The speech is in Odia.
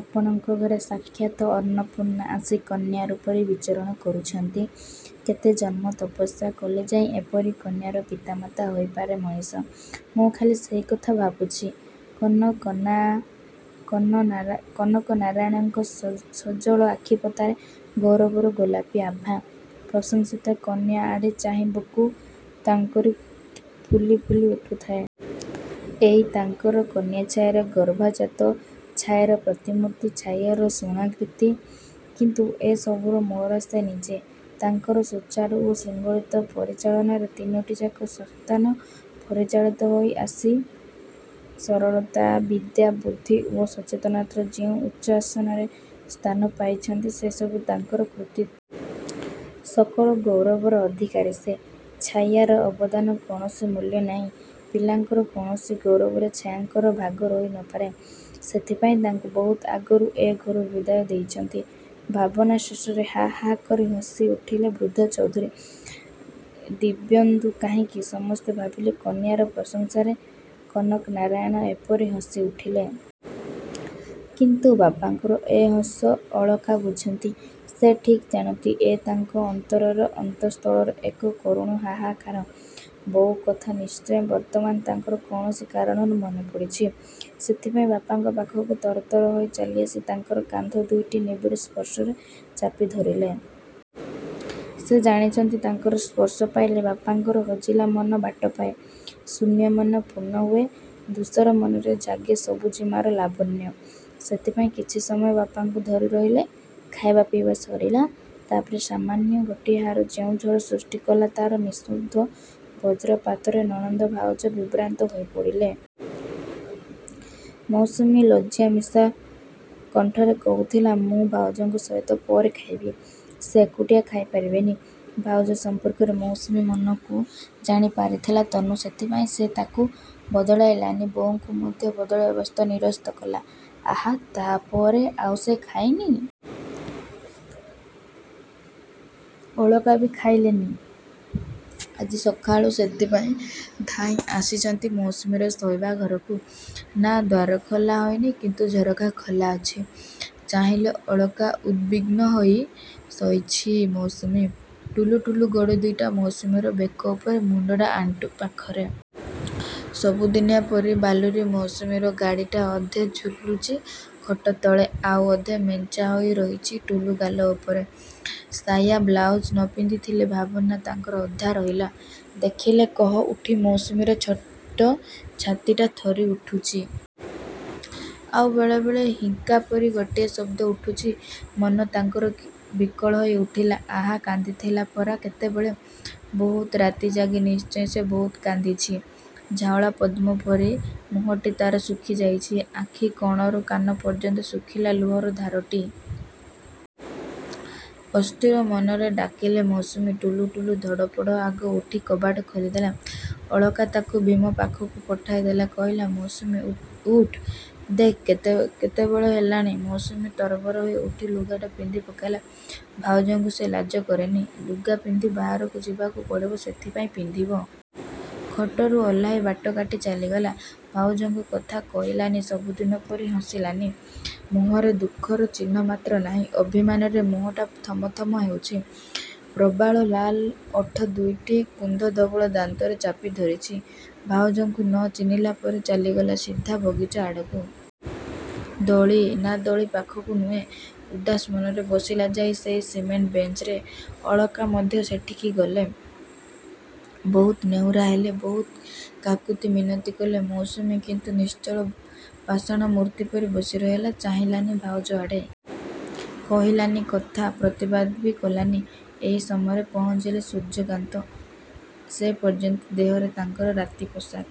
ଆପଣଙ୍କ ଘରେ ସାକ୍ଷାତ ଅର୍ଣ୍ଣପୂର୍ଣ୍ଣା ଆସି କନ୍ୟା ରୂପରେ ବିଚରଣ କରୁଛନ୍ତି। କେତେ ଜନ୍ମ ତପସ୍ୟା କଲେ ଯାଇ ଏପରି କନ୍ୟାର ପିତା ମାତା ହୋଇପାରେ ମଣିଷ, ମୁଁ ଖାଲି ସେଇ କଥା ଭାବୁଛି। କାନକନା କନକନାରାୟଣଙ୍କ ସଜଳ ଆଖିପତାରେ ଗୌରବର ଗୋଲାପୀ ଆଭା। ପ୍ରଶଂସୀତା କନ୍ୟା ଆଡ଼େ ଚାହିଁ ବୁକୁ ତାଙ୍କର ଫୁଲି ଫୁଲି ଉଠୁଥାଏ। ଏଇ ତାଙ୍କର କନ୍ୟାଛାୟାର ଗର୍ଭ-ଜାତା, ଛାୟାର ପ୍ରତିମୂର୍ତ୍ତି, ଛାୟାର ଗୁଣାଶ୍ରୀତା। କିନ୍ତୁ ଏ ସବୁର ମୂଳରେ ସେ ନିଜେ। ତାଙ୍କର ସୁଚାରୁ ଓ ଶୃଙ୍ଖଳିତ ପରିଚାଳନାରେ ତିନୋଟିଯାକ ସନ୍ତାନ ପରିଚାଳିତ ହୋଇ ଆସି ସରଳତା, ବିଦ୍ୟା, ବୁଦ୍ଧି ଓ ସଚେତନତାର ଯେଉଁ ଉଚ୍ଚ ଆସନରେ ସ୍ଥାନ ପାଇଛନ୍ତି ସେ ସବୁ ତାଙ୍କର କୃତୀତ୍ୱ। ସକଳ ଗୌରବର ଅଧିକାରୀ ସେ। ଛାୟାର ଅବଦାନ କୌଣସି ମୂଲ୍ୟ ନାହିଁ। ପିଲାଙ୍କର କୌଣସି ଗୌରବରେ ଛାୟାଙ୍କର ଭାଗ ରହିନପାରେ। ସେଥିପାଇଁ ତାଙ୍କୁ ବହୁତ ଆଗରୁ ଏ ଘରୁ ବିଦାୟ ଦେଇଛନ୍ତି। ଭାବନା ଶେଷରେ ହାଃ, ହାଃ, କରି ହସିଉଠିଲେ ବୃଦ୍ଧ ଚୌଧୁରୀ। ଦିବ୍ୟେନ୍ଦୁ କାହିଁକି, ସମସ୍ତେ ଭାବିଲେ କନ୍ୟାର ପ୍ରଶଂସାରେ କନକନାରାୟଣ ଏପରି ହସିଉଠିଲେ। କିନ୍ତୁ ବାପାଙ୍କର ଏ ହସ ଅଳକା ବୁଝନ୍ତି। ସେ ଠିକ୍ ଜାଣନ୍ତି, ଏ ତାଙ୍କ ଅନ୍ତରର ଅନ୍ତଃସ୍ଥଳର ଏକ କରୁଣ ହାହାକାର। ବୋଉ କଥା ନିଶ୍ଚୟ ବର୍ତ୍ତମାନ ତାଙ୍କର କୌଣସି କାରଣରୁ ମନେପଡ଼ିଛି। ସେଥିପାଇଁ ବାପାଙ୍କ ପାଖକୁ ତରତର ହୋଇ ଚାଲିଆସି ତାଙ୍କର କାନ୍ଧ ଦୁଇଟି ନିବିଡ଼ ସ୍ପର୍ଶରେ ଚାପି ଧରିଲେ। ସେ ଜାଣିଛନ୍ତି ତାଙ୍କର ସ୍ପର୍ଶ ପାଇଲେ ବାପାଙ୍କର ହଜିଲା ମନ ବାଟ ପାଏ, ଶୂନ୍ୟ ମନ ପୂର୍ଣ୍ଣ ହୁଏ, ଧୁସର ମନରେ ଜାଗେ ସବୁଜିମାର ଲାବଣ୍ୟ। ସେଥିପାଇଁ କିଛି ସମୟ ବାପାଙ୍କୁ ଧରି ରହିଲେ। ଖାଇବା ପିଇବା ସରିଲା। ତା' ପରେ ସାମାନ୍ୟ ଗୋଟିଏ ହାର ଯେଉଁ ଝଡ଼ ସୃଷ୍ଟି କଲା ତା'ର ନିଃଶବ୍ଦ ବଜ୍ରପାତରେ ନଣନ୍ଦ ଭାଉଜ ବିଭ୍ରାନ୍ତ ହୋଇପଡ଼ିଲେ। ମୌସୁମୀ ଲଜ୍ଜା ମିଶା କଣ୍ଠରେ କହୁଥିଲା ମୁଁ ଭାଉଜଙ୍କ ସହିତ ପରେ ଖାଇବି। ସେ ଏକୁଟିଆ ଖାଇପାରିବେନି। ଭାଉଜ ସମ୍ପର୍କରେ ମୌସୁମୀ ମନକୁ ଜାଣିପାରିଥିଲା ତନୁ। ସେଥିପାଇଁ ସେ ତାକୁ ବଳାଇଲାନି। ବୋଉଙ୍କୁ ମଧ୍ୟ ବଳାଇବାକୁ ନିରସ୍ତ କଲା। ଆହା ତା' ପରେ ଆଉ ସେ ଖାଇନି। ଅଳକା ବି ଖାଇଲେନି। ଆଜି ସକାଳୁ ସେଥିପାଇଁ ଧାଇଁ ଆସିଛନ୍ତି ମୌସୁମୀର ଶୋଇବା ଘରକୁ। ନାଁ, ଦ୍ୱାର ଖୋଲା ହୋଇନି କିନ୍ତୁ ଝରକା ଖୋଲା ଅଛି। ଚାହିଁଲେ ଅଳକା ଉଦ୍‌ବିଗ୍ନ ହୋଇ। ଶୋଇଛି ମୌସୁମୀ। ଟୁଲୁ-ଟୁଲୁ ଗୋଡ଼ ଦୁଇଟା ମୌସୁମୀର ବେକ ଉପରେ, ମୁଣ୍ଡଟା ଆଣ୍ଠୁ ପାଖରେ। ସବୁଦିନିଆ ପରି ବାଲୁରୀ ମୌସୁମୀର ଶାଢ଼ିଟା ଅଧେ ଝୁଲୁଛି ଖଟ ତଳେ, ଆଉ ଅଧେ ମେଞ୍ଚା ହୋଇ ରହିଛି ଟୁଲୁ ଗାଲ ଉପରେ। ସାୟା ବ୍ଳାଉଜ ନ ପିନ୍ଧି ଥିଲେ ଭାବନା ତାଙ୍କର ଅଧା ରହିଲା। ଦେଖିଲେ କୋହ ଉଠି ମୌସୁମୀର ଛୋଟ ଛାତିଟା ଥରି ଉଠୁଛି। ଆଉ ବେଳେ ବେଳେ ହିକ୍କା ପରି ଗୋଟାଏ ଶବ୍ଦ ଉଠୁଛି। ମନ ତାଙ୍କର ବିକଳ ହୋଇ ଉଠିଲା। ଆହା କାନ୍ଦିଥିଲା ପରା କେତେବେଳେ। ବହୁତ ରାତି ଜାଗି ନିଶ୍ଚୟ ସେ ବହୁତ କାନ୍ଦିଛି। ଝାଉଁଳା ପଦ୍ମ ପରି ମୁହଁଟି ତା'ର ଶୁଖି ଯାଇଛି। ଆଖି କୋଣରୁ କାନ ପର୍ଯ୍ୟନ୍ତ ଶୁଖିଲା ଲୁହର ଧାରଟି। ଅସ୍ଥିର ମନରେ ଡାକିଲେ ମୌସୁମୀ, ଟୁଲୁ-ଟୁଲୁ ଧଡ଼ପଡ଼ ଆଗ ଉଠି କବାଟ ଖୋଲିଦେଲା। ଅଳକା ତାକୁ ଭୀମ ପାଖକୁ ପଠାଇଦେଲା କହିଲା ମୌସୁମୀ ଉଠ୍, ଦେଖ୍ କେତେବେଳ ହେଲାଣି। ମୌସୁମୀ ତରବର ହୋଇ ଉଠି ଲୁଗାଟା ପିନ୍ଧି ପକାଇଲା। ଭାଉଜଙ୍କୁ ସେ ଲାଜ କରେନି। ଲୁଗା ପିନ୍ଧି ବାହାରକୁ ଯିବାକୁ ପଡ଼ିବ ସେଥିପାଇଁ ପିନ୍ଧିବ। ଖଟରୁ ଓହ୍ଲାଇ ବାଟ କାଟି ଚାଲିଗଲା। ଭାଉଜଙ୍କୁ କଥା କହିଲାନି, ସବୁଦିନ ପରି ହସିଲାନି। ମୁହଁରେ ଦୁଃଖର ଚିହ୍ନ ମାତ୍ର ନାହିଁ। ଅଭିମାନରେ ମୁହଁଟା ଥମଥମ ହେଉଛି। ପ୍ରବାଳ ଲାଲ ଓଠ ଦୁଇଟି କୁନ୍ଦଧବଳ ଦାନ୍ତରେ ଚାପି ଧରିଛି। ଭାଉଜଙ୍କୁ ନ ଚିହ୍ନିଲା ପରି ଚାଲିଗଲା ସିଧା ବଗିଚା ଆଡ଼କୁ। ଦୋଳି? ନା, ଦୋଳି ପାଖକୁ ନୁହେଁ। ଉଦାସ ମନରେ ବସିଲା ଯାଇ ସେହି ସିମେଣ୍ଟ ବେଞ୍ଚରେ। ଅଳକା ମଧ୍ୟ ସେଠିକି ଗଲେ। ବହୁତ ନେହୁରା ହେଲେ, ବହୁତ କାକୁତି ମିନତି କଲେ। ମୌସୁମୀ କିନ୍ତୁ ନିଶ୍ଚଳ ପାଷାଣ ମୂର୍ତ୍ତି ପରି ବସି ରହିଲା। ଚାହିଁଲାନି ଭାଉଜ ଆଡ଼େ। କହିଲାନି କଥା, ପ୍ରତିବାଦ ବି କଲାନି। ଏଇ ସମୟରେ ପହଞ୍ଚିଲେ ସୂର୍ଯ୍ୟକାନ୍ତ। ସେପର୍ଯ୍ୟନ୍ତ ଦେହରେ ତାଙ୍କର ରାତି ପୋଷାକ।